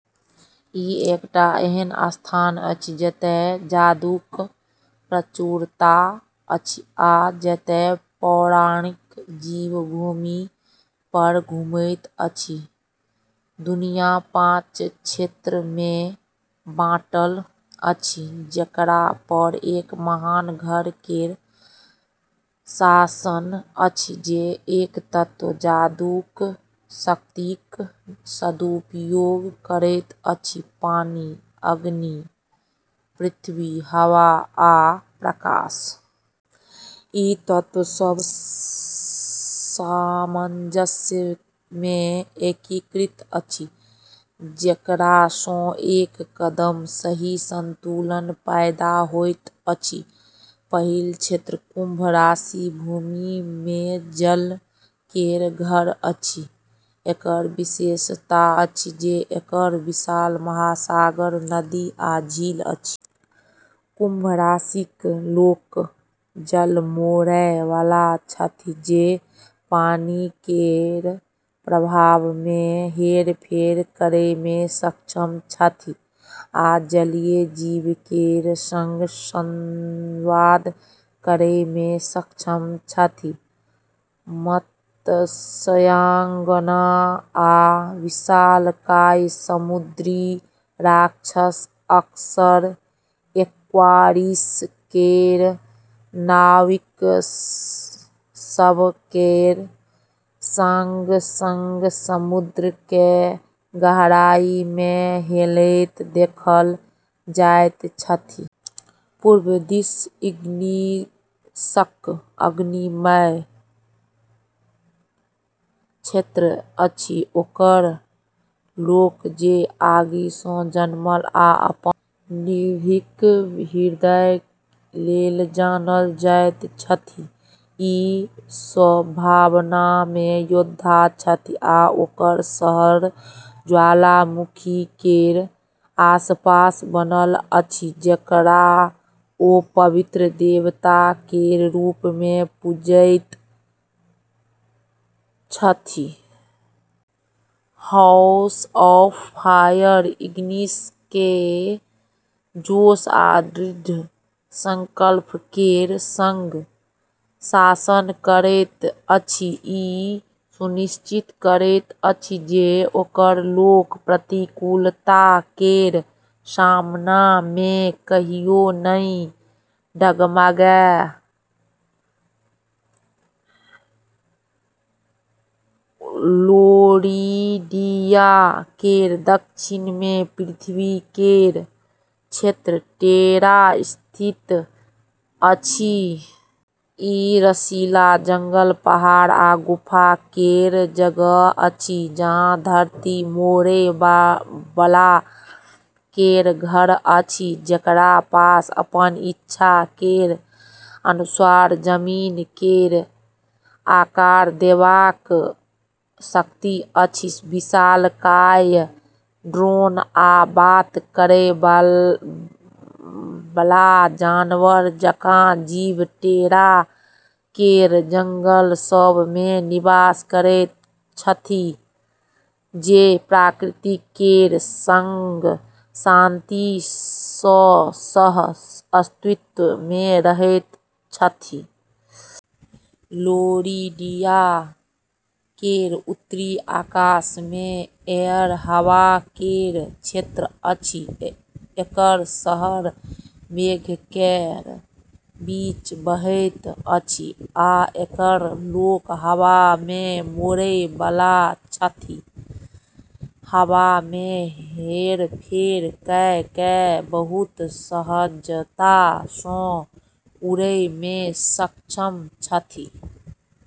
ई एकटा एहन स्थान अछि जतए जादूक प्रचुरता अछि आ जतए पौराणिक जीव भूमि पर घुमैत अछि। दुनिया पाँच क्षेत्र मे बाँटल अछि, जेकरा पर एक महान घर केर शासन अछि जे एक तत्व जादूक शक्तिक सदुपयोग करैत अछि- पानी, अग्नि, पृथ्वी, हवा, आ प्रकाश। ई तत्व सभ सामंजस्य मे एकीकृत अछि, जेकरा सँ एकदम सही संतुलन पैदा होइत अछि। पहिल क्षेत्र कुंभ राशिक भूमि मे जल केर घर अछि। एकर विशेषता अछि जे एकर विशाल महासागर, नदी, आ झील अछि। कुंभ राशिक लोक जल-मोड़ै बला छथि, जे पानी केर प्रवाह मे हेरफेर करै मे सक्षम छथि आ जलीय जीव केर सँग संवाद करै मे सक्षम छथि। मत्स्यांगना आ विशालकाय समुद्री राक्षस अक्सर एक्वारिस केर नाविक सभ केर सँग-सँग समुद्र केर गहराई मे हेलैत देखल जाइत छथि। पूब दिस इग्निसक अग्निमय क्षेत्र अछि; ओकर लोक जे आगि सँ जन्मल आ अपन निर्भीक हृदय लेल जानल जाइत छथि। ई सभ भावना मे योद्धा छथि आ ओकर शहर ज्वालामुखी केर आसपास बनल अछि, जेकरा ओ पवित्र देवता केर रूप मे पूजैत छथि। हाउस ऑफ फायर इग्निस केँ जोश आ दृढ़ संकल्प केर सँग शासन करैत अछि, ई सुनिश्चित करैत अछि जे ओकर लोक प्रतिकूलता केर सामना मे कहियो नहि डगमगाए। लोरिंडिया केर दक्षिण मे पृथ्वी केर क्षेत्र टेरा स्थित अछि। ई रसीला जंगल, पहाड़, आ गुफा केर जगह अछि, जहाँ धरती-मोड़ै बला केर घर अछि, जेकरा पास अपन इच्छा केर अनुसार जमीन केर आकार देबाक शक्ति अछि। विशालकाय ट्रोल आ बात करै बला जानवर जकाँ जीव टेरा केर जंगल सभ मे निवास करैत छथि, जे प्रकृति केर सँग शांति सँ सह-अस्तित्व मे रहैत छथि। लोरिंडिया केर उत्तरी आकाश मे एयर, हवा केर क्षेत्र अछि। एकर शहर मेघ केर बीच बहैत अछि, आ एकर लोक हवा केँ मोड़ै बला छथि, हवा मे हेरफेर कऽ कऽ बहुत सहजता सँ उड़ै मे सक्षम छथि।